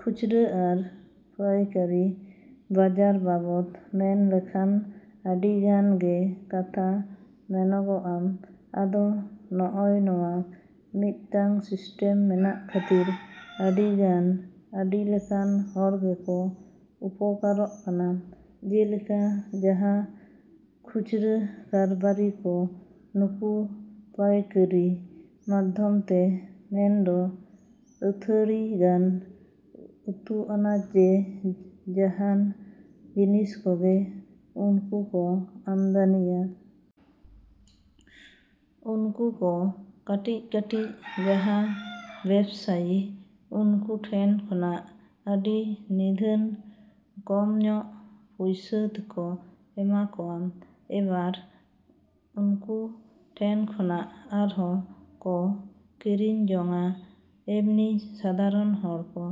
ᱠᱷᱩᱪᱨᱟᱹ ᱟᱨ ᱯᱟᱭᱠᱟᱨᱤ ᱵᱟᱡᱟᱨ ᱵᱟᱵᱚᱫ ᱢᱮᱱ ᱞᱮᱠᱷᱟᱱ ᱟᱹᱰᱤ ᱜᱟᱱ ᱜᱮ ᱠᱟᱛᱷᱟ ᱢᱮᱱᱚᱜᱚᱜᱼᱟ᱾ ᱟᱫᱚ ᱱᱚᱜᱼᱚᱭ ᱱᱚᱣᱟ ᱢᱤᱫᱴᱟᱝ ᱥᱤᱥᱴᱮᱢ ᱢᱮᱱᱟᱜ ᱠᱷᱟᱹᱛᱤᱨ ᱟᱹᱰᱤ ᱜᱟᱱ ᱟᱹᱰᱤ ᱞᱮᱠᱟᱱ ᱦᱚᱲ ᱜᱮᱠᱚ ᱩᱯᱚᱠᱟᱨᱚᱜ ᱠᱟᱱᱟ᱾ ᱡᱮᱞᱮᱠᱟ ᱡᱟᱦᱟᱸ ᱠᱷᱩᱪᱨᱟᱹ ᱠᱟᱨᱵᱟᱨᱤ ᱠᱚ ᱱᱩᱠᱩ ᱯᱟᱭᱠᱟᱹᱨᱤ ᱢᱟᱫᱽᱫᱷᱚᱢ ᱛᱮ ᱢᱮᱱ ᱫᱚ ᱟᱹᱛᱷᱟᱹᱲᱤ ᱜᱟᱱ ᱩᱛᱩ ᱟᱱᱟᱡᱽ ᱡᱮ ᱡᱟᱦᱟᱱ ᱡᱤᱱᱤᱥ ᱠᱚᱜᱮ ᱩᱱᱠᱩ ᱠᱚ ᱟᱢᱫᱟᱱᱤᱭᱟ᱾ ᱩᱱᱠᱩ ᱠᱚ ᱠᱟᱹᱴᱤᱡ ᱠᱟᱹᱴᱤᱡ ᱡᱟᱦᱟᱸ ᱵᱮᱵᱥᱟᱭᱤ ᱩᱱᱠᱩ ᱴᱷᱮᱱ ᱠᱷᱚᱱᱟᱜ ᱟᱹᱰᱤ ᱱᱤᱫᱷᱟᱹᱱ ᱠᱚᱢ ᱧᱚᱜ ᱯᱩᱭᱥᱟᱹ ᱛᱮᱠᱚ ᱮᱢᱟ ᱠᱚᱣᱟ᱾ ᱮᱵᱟᱨ ᱩᱱᱠᱩ ᱴᱷᱮᱱ ᱠᱷᱚᱱᱟᱜ ᱟᱨᱦᱚᱸ ᱠᱚ ᱠᱤᱨᱤᱧ ᱡᱚᱝᱼᱟ ᱮᱢᱱᱤ ᱥᱟᱫᱷᱟᱨᱚᱱ ᱦᱚᱲ ᱠᱚ᱾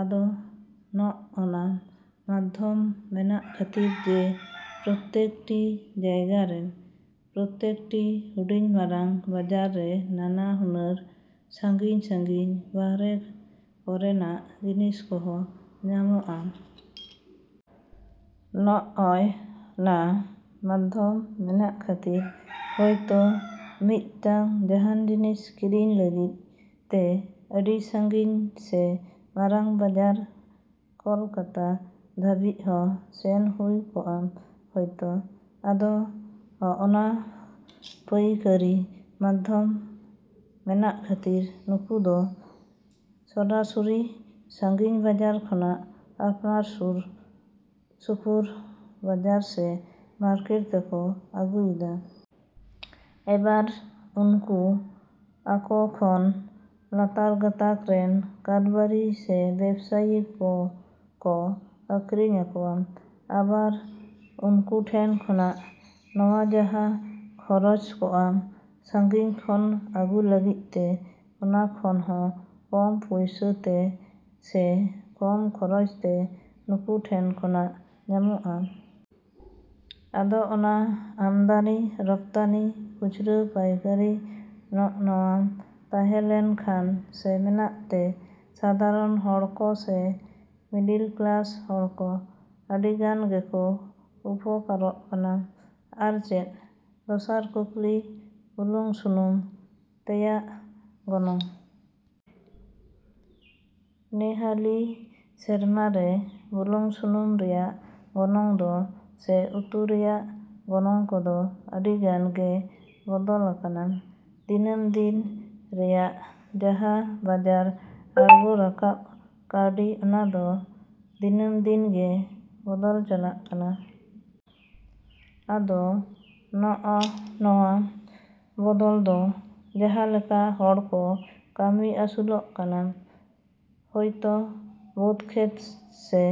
ᱟᱫᱚ ᱱᱚᱜᱼᱚᱱᱟ ᱢᱟᱫᱽᱫᱷᱚᱢ ᱢᱮᱱᱟᱜ ᱠᱷᱟᱹᱛᱤᱨ ᱡᱮ ᱯᱨᱚᱛᱮᱠ ᱴᱤ ᱡᱟᱭᱜᱟ ᱨᱮ, ᱯᱨᱚᱛᱮᱠ ᱴᱤ ᱦᱩᱰᱤᱧ ᱢᱟᱨᱟᱝ ᱵᱟᱡᱟᱨ ᱨᱮ ᱱᱟᱱᱟ ᱦᱩᱱᱟᱹᱨ ᱥᱟᱺᱜᱤᱧᱼᱥᱟᱺᱜᱤᱧ ᱵᱟᱨᱦᱮ ᱠᱚᱨᱮᱱᱟᱜ ᱡᱤᱱᱤᱥ ᱠᱚᱦᱚᱸ ᱧᱟᱢᱚᱜᱚᱜᱼᱟ᱾ ᱱᱚᱜᱼᱚᱭ ᱱᱟ ᱢᱟᱫᱽᱫᱷᱚᱢ ᱢᱮᱱᱟᱜ ᱠᱷᱟᱹᱛᱤᱨ ᱦᱚᱭᱛᱚ ᱢᱤᱫᱴᱟᱝ ᱡᱟᱦᱟᱱ ᱡᱤᱱᱤᱥ ᱠᱤᱨᱤᱧ ᱞᱟᱹᱜᱤᱫ ᱛᱮ ᱟᱹᱰᱤ ᱥᱟᱺᱜᱤᱧ ᱥᱮ ᱢᱟᱨᱟᱝ ᱵᱟᱡᱟᱨ ᱠᱚᱞᱠᱟᱛᱟ ᱫᱷᱟᱹᱨᱤᱡ ᱦᱚᱸ ᱥᱮᱱ ᱦᱩᱭ ᱠᱚᱜᱼᱟ ᱦᱚᱭᱛᱚ᱾ ᱟᱫᱚ ᱚᱱᱟ ᱯᱟᱹᱭᱠᱟᱹᱨᱤ ᱢᱟᱫᱽᱫᱷᱚᱢ ᱢᱮᱱᱟᱜ ᱠᱷᱟᱹᱛᱤᱨ ᱱᱩᱠᱩ ᱫᱚ ᱥᱚᱨᱟᱥᱚᱨᱤ ᱥᱟᱺᱜᱤᱧ ᱵᱟᱡᱟᱨ ᱠᱷᱚᱱᱟᱜ ᱟᱯᱱᱟᱨ ᱥᱩᱨ ᱥᱩᱯᱩᱨ ᱵᱟᱡᱟᱨ ᱥᱮ ᱢᱟᱨᱠᱮᱴ ᱛᱮᱠᱚ ᱟᱹᱜᱩᱭᱮᱫᱟ᱾ ᱮᱵᱟᱨ ᱩᱱᱠᱩ ᱟᱠᱚ ᱠᱷᱚᱱ ᱞᱟᱛᱟᱨ ᱜᱟᱛᱟᱠ ᱨᱮᱱ ᱠᱟᱨᱵᱟᱨᱤ ᱥᱮ ᱵᱮᱵᱥᱟᱭᱤ ᱠᱚ ᱠᱚ ᱟᱠᱷᱨᱤᱧ ᱟᱠᱚᱣᱟ᱾ ᱟᱵᱟᱨ ᱩᱱᱠᱩ ᱴᱷᱮᱱ ᱠᱷᱚᱱᱟᱜ ᱱᱚᱣᱟ ᱡᱟᱦᱟᱸ ᱠᱷᱚᱨᱚᱡᱽ ᱠᱚᱜᱼᱟ ᱥᱟᱺᱜᱤᱧ ᱠᱷᱚᱱ ᱟᱹᱜᱩ ᱞᱟᱹᱜᱤᱫ ᱛᱮ ᱚᱱᱟ ᱠᱷᱚᱱ ᱦᱚᱸ ᱠᱚᱢ ᱯᱩᱭᱥᱟᱹ ᱛᱮ ᱥᱮ ᱠᱚᱢ ᱠᱷᱚᱨᱚᱪ ᱛᱮ ᱱᱩᱠᱩ ᱴᱷᱮᱱ ᱠᱷᱚᱱᱟᱜ ᱧᱟᱢᱚᱜᱚᱜᱼᱟ᱾ ᱟᱫᱚ ᱚᱱᱟ ᱟᱢᱫᱟᱱᱤ ᱨᱚᱯᱛᱟᱱᱤ ᱠᱷᱩᱪᱨᱟᱹ ᱯᱟᱭᱠᱟᱨᱤ ᱱᱚᱜᱼᱱᱚᱭᱟ ᱛᱟᱦᱮᱸ ᱞᱮᱱ ᱠᱷᱟᱱ ᱥᱮ ᱢᱮᱱᱟᱜ ᱛᱮ, ᱥᱟᱫᱷᱟᱨᱚᱱ ᱦᱚᱲ ᱠᱚ ᱥᱮ, ᱢᱤᱰᱤᱞ ᱠᱞᱟᱥ ᱦᱚᱲ ᱠᱚ, ᱟᱹᱰᱤ ᱜᱟᱱ ᱜᱮᱠᱚ ᱩᱯᱚᱠᱟᱨᱚᱜ ᱠᱟᱱᱟ᱾ ᱟᱨ ᱪᱮᱫ? ᱫᱚᱥᱟᱨ ᱠᱩᱠᱞᱤ ᱵᱩᱞᱩᱝ ᱥᱩᱱᱩᱢ ᱛᱮᱭᱟᱜ ᱜᱚᱱᱚᱝ᱾ ᱱᱮᱦᱟᱹᱞᱤ ᱥᱮᱨᱢᱟ ᱨᱮ ᱵᱩᱞᱩᱝ ᱥᱩᱱᱩᱢ ᱨᱮᱭᱟᱜ ᱜᱚᱱᱚᱝ ᱫᱚ ᱥᱮ ᱩᱛᱩ ᱨᱮᱭᱟᱜ ᱜᱚᱱᱚᱝ ᱠᱚᱫᱚ ᱟᱹᱰᱤ ᱜᱟᱱ ᱜᱮ ᱵᱚᱫᱚᱞ ᱟᱠᱟᱱᱟ᱾ ᱫᱤᱱᱟᱹᱢ ᱫᱤᱱ ᱨᱮᱭᱟᱜ ᱡᱟᱦᱟᱸ ᱵᱟᱡᱟᱨ ᱟᱬᱜᱚ ᱨᱟᱠᱟᱵ ᱠᱟᱹᱣᱰᱤ ᱚᱱᱟ ᱫᱚ, ᱫᱤᱱᱟᱢ ᱫᱤᱱ ᱜᱮ ᱵᱚᱫᱚᱞ ᱪᱟᱞᱟᱜ ᱠᱟᱱᱟ᱾ ᱟᱫᱚ ᱱᱚᱜᱼᱱᱚᱭᱟ ᱵᱚᱫᱚᱞ ᱫᱚ ᱡᱟᱦᱟᱸ ᱞᱮᱠᱟ ᱦᱚᱲ ᱠᱚ ᱠᱟᱹᱢᱤ ᱟᱹᱥᱩᱞᱚᱜ ᱠᱟᱱᱟ, ᱦᱚᱭᱛᱚ ᱵᱟᱹᱫᱽ ᱠᱷᱮᱛ ᱥᱮ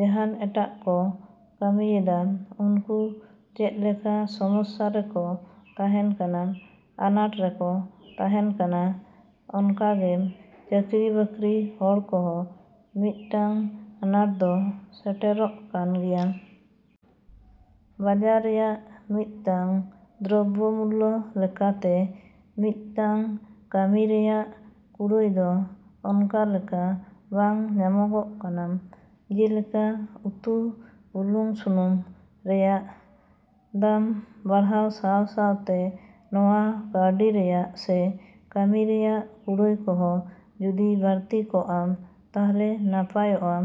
ᱡᱟᱦᱟᱱ ᱮᱴᱟᱜ ᱠᱚ ᱠᱟᱹᱢᱤᱭᱮᱫᱟ ᱩᱱᱠᱩ ᱪᱮᱫ ᱞᱮᱠᱟ ᱥᱚᱢᱚᱥᱟ ᱨᱮᱠᱚ ᱛᱟᱦᱮᱱ ᱠᱟᱱᱟ, ᱟᱸᱱᱟᱴ ᱨᱮᱠᱚ ᱛᱟᱦᱮᱱ ᱠᱟᱱᱟ ᱚᱱᱠᱟ ᱜᱮ, ᱪᱟᱹᱠᱨᱤ ᱵᱟᱹᱠᱨᱤ ᱦᱚᱲ ᱠᱚᱦᱚᱸ ᱢᱤᱫᱴᱟᱝ ᱟᱸᱱᱟᱴ ᱫᱚ ᱥᱮᱴᱮᱨᱚᱜ ᱠᱟᱱ ᱜᱮᱭᱟ᱾ ᱵᱟᱡᱟᱨ ᱨᱮᱭᱟᱜ ᱢᱤᱫᱴᱟᱝ ᱫᱨᱚᱵᱵᱚ ᱢᱩᱞᱞᱚ ᱞᱮᱠᱟ ᱛᱮ ᱢᱤᱫᱴᱟᱝ ᱠᱟᱹᱢᱤ ᱨᱮᱭᱟᱜ ᱠᱩᱲᱟᱹᱭ ᱫᱚ ᱚᱱᱠᱟ ᱞᱮᱠᱟ ᱵᱟᱝ ᱧᱟᱢᱚᱜᱚᱜ ᱠᱟᱱᱟ᱾ ᱡᱮᱞᱮᱠᱟ ᱩᱛᱩ ᱵᱩᱞᱩᱝ ᱥᱩᱱᱩᱢ ᱨᱮᱭᱟᱜ ᱫᱟᱢ ᱵᱟᱲᱦᱟᱣ ᱥᱟᱸᱶᱼᱥᱟᱸᱶᱛᱮ ᱱᱚᱣᱟ ᱠᱟᱹᱣᱰᱤ ᱨᱮᱭᱟᱜ ᱥᱮ ᱠᱟᱹᱢᱤ ᱨᱮᱭᱟᱜ ᱠᱩᱲᱟᱹᱭ ᱠᱚᱦᱚᱸ ᱡᱩᱫᱤ ᱵᱟᱹᱲᱛᱤ ᱠᱚᱜ -ᱟ ᱛᱟᱦᱟᱞᱮ ᱱᱟᱯᱟᱭᱚᱜ-ᱟ᱾